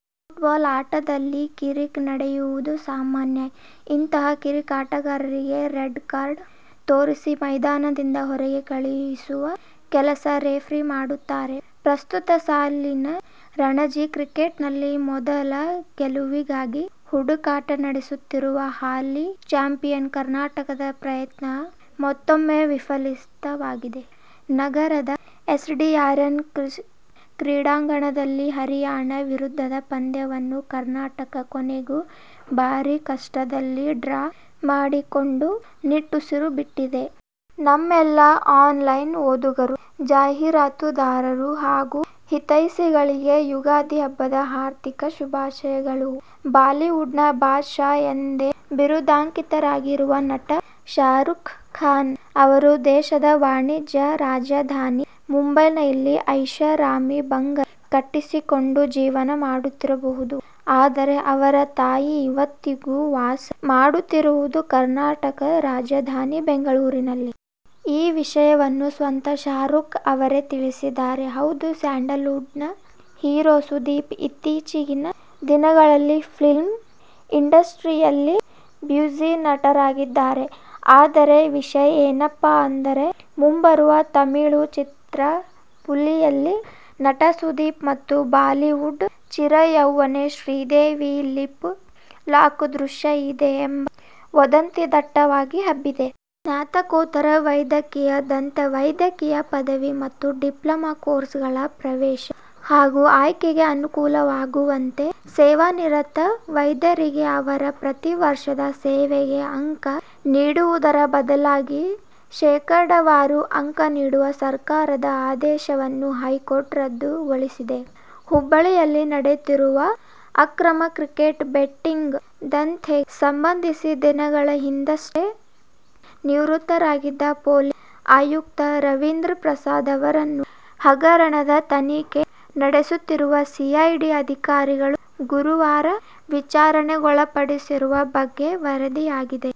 Football ಆಟದಲ್ಲಿ ಕಿರಿಕ್ ನಡೆಯುವುದು ಸಾಮಾನ್ಯ. ಇಂತಹ ಕಿರಿಕ್ ಆಟಗಾರರಿಗೆ ರೆಡ್ ಕಾರ್ಡ್ ತೋರಿಸಿ ಮೈದಾನದಿಂದ ಹೊರಗೆ ಕಳುಹಿಸುವ ಕೆಲಸ ರೆಫ್ರಿಗಳು ಮಾಡುತ್ತಾರೆ. ಪ್ರಸ್ತುತ ಸಾಲಿನ ರಣಜಿ ಕ್ರಿಕೆಟ್ನಲ್ಲಿ ಮೊದಲ ಗೆಲುವಿಗಾಗಿ ಹುಡುಕಾಟ ನಡೆಸುತ್ತಿರುವ ಹಾಲಿ ಚಾಂಪಿಯನ್ ಕರ್ನಾಟಕದ ಪ್ರಯತ್ನ ಮತ್ತೂಮ್ಮೆ ವಿಫಲವಾಗಿದೆ. ನಗರದ ಎಸ್ಡಿಎನ್ಆರ್ ಕ್ರೀಡಾಂಗಣದಲ್ಲಿ ಹರಿಯಾಣ ವಿರುದ್ಧದ ಪಂದ್ಯವನ್ನು ಕರ್ನಾಟಕ ಕೊನೆಗೂ ಬಾರೀ ಕಷ್ಟದಲ್ಲಿ ಡ್ರಾ ಮಾಡಿಕೊಂಡು ನಿಟ್ಟುಸಿರು ಬಿಟ್ಟಿದೆ. ನಮ್ಮೆಲ್ಲಾ ಆನ್ಲೈನ್ ಓದುಗರು, ಜಾಹೀರಾತುದಾರರು ಹಾಗೂ ಹಿತೈಷಿಗಳಿಗೆ ಯುಗಾದಿ ಹಬ್ಬದ ಹಾರ್ದಿಕ ಶುಭಾಶಯಗಳು. ಬಾಲಿವುಡ್ನ ಬಾದ್ ಶಾ ಎಂದೇ ಬಿರುದಾಂಕಿತರಾಗಿರುವ ನಟ ಶಾರುಖ್ ಖಾನ್ ಅವರು ದೇಶದ ವಾಣಿಜ್ಯ ರಾಜಧಾನಿ ಮುಂಬೈನಲ್ಲಿ ಐಷಾರಾಮಿ ಬಂಗಲೆ ಕಟ್ಟಿಸಿಕೊಂಡು ಜೀವನ ಮಾಡುತ್ತಿರಬಹುದು. ಆದರೆ ಅವರ ತಾಯಿ ಇವತ್ತಿಗೂ ವಾಸ ಮಾಡುತ್ತಿರುವುದು ಕರ್ನಾಟಕದ ರಾಜಧಾನಿ ಬೆಂಗಳೂರಿನಲ್ಲಿ! ಈ ವಿಷಯವನ್ನು ಸ್ವತಃ ಶಾರುಖ್ ಅವರೇ ತಿಳಿಸಿದ್ದಾರೆ. ಹೌದು ಸ್ಯಾಂಡಲ್ ವುಡ್ ಹೀರೋ ಸುದೀಪ್ ಇತ್ತೀಚೆಗಿನ ದಿನಗಳಲ್ಲಿ ಫಿಲ್ಮ್ ಇಂಡಸ್ಟ್ರೀಸ್ ನಲ್ಲಿ ಬ್ಯುಸಿ ನಟನಾಗಿದ್ದಾರೆ. ಆದರೆ ವಿಷಯ ಏನಪ್ಪಾ ಅಂದರೆ ಮುಂಬರುವ ತಮಿಳು ಚಿತ್ರ ಪುಲಿಯಲ್ಲಿ ನಟ ಸುದೀಪ್ ಮತ್ತು ಬಾಲಿವುಡ್ ಚಿರಯೌವನೆ ಶ್ರೀದೇವಿ ಲಿಪ್ ಲಾಕ್ ದೃಶ್ಯ ಇದೆ ಎಂಬ ವದಂತಿ ದಟ್ಟವಾಗಿ ಹಬ್ಬಿದೆ. ಸ್ನಾತಕೋತ್ತರ ವೈದ್ಯಕೀಯ, ದಂತ ವೈದ್ಯಕೀಯ ಪದವಿ ಮತ್ತು ಡಿಪ್ಲೊಮಾ ಕೋರ್ಸ್ಗಳ ಪ್ರವೇಶ ಹಾಗೂ ಆಯ್ಕೆಗೆ ಅನುಕೂಲವಾಗುವಂತೆ ಸೇವಾನಿರತ ವೈದ್ಯರಿಗೆ ಅವರ ಪ್ರತಿ ವರ್ಷದ ಸೇವೆಗೆ ಅಂಕ ನೀಡುವುದರ ಬದಲಾಗಿ ಶೇಕಡಾವಾರು ಅಂಕ ನೀಡುವ ಸರ್ಕಾರದ ಆದೇಶವನ್ನು ಹೈಕೋರ್ಟ್ ರದ್ದುಗೊಳಿಸಿದೆ. ಹುಬ್ಬಳ್ಳಿಯಲ್ಲಿ ನಡೆದಿರುವ ಅಕ್ರಮ ಕ್ರಿಕೆಟ್ ಬೆಟ್ಟಿಂಗ್ ದಂಧೆಗೆ ಸಂಬಂಧಿಸಿ ದಿನಗಳ ಹಿಂದಷ್ಟೆ ನಿವೃತ್ತರಾಗಿದ್ದ ಪೊಲೀಸ್ ಆಯುಕ್ತ ರವೀಂದ್ರ ಪ್ರಸಾದ್ ಅವರನ್ನು ಹಗರಣದ ತನಿಖೆ ನಡೆಸುತ್ತಿರುವ ಸಿಐಡಿ ಅಧಿಕಾರಿಗಳು ಗುರುವಾರ ವಿಚಾರಣೆಗೊಳಪಡಿಸಿರುವ ಬಗ್ಗೆ ವರದಿಯಾಗಿದೆ.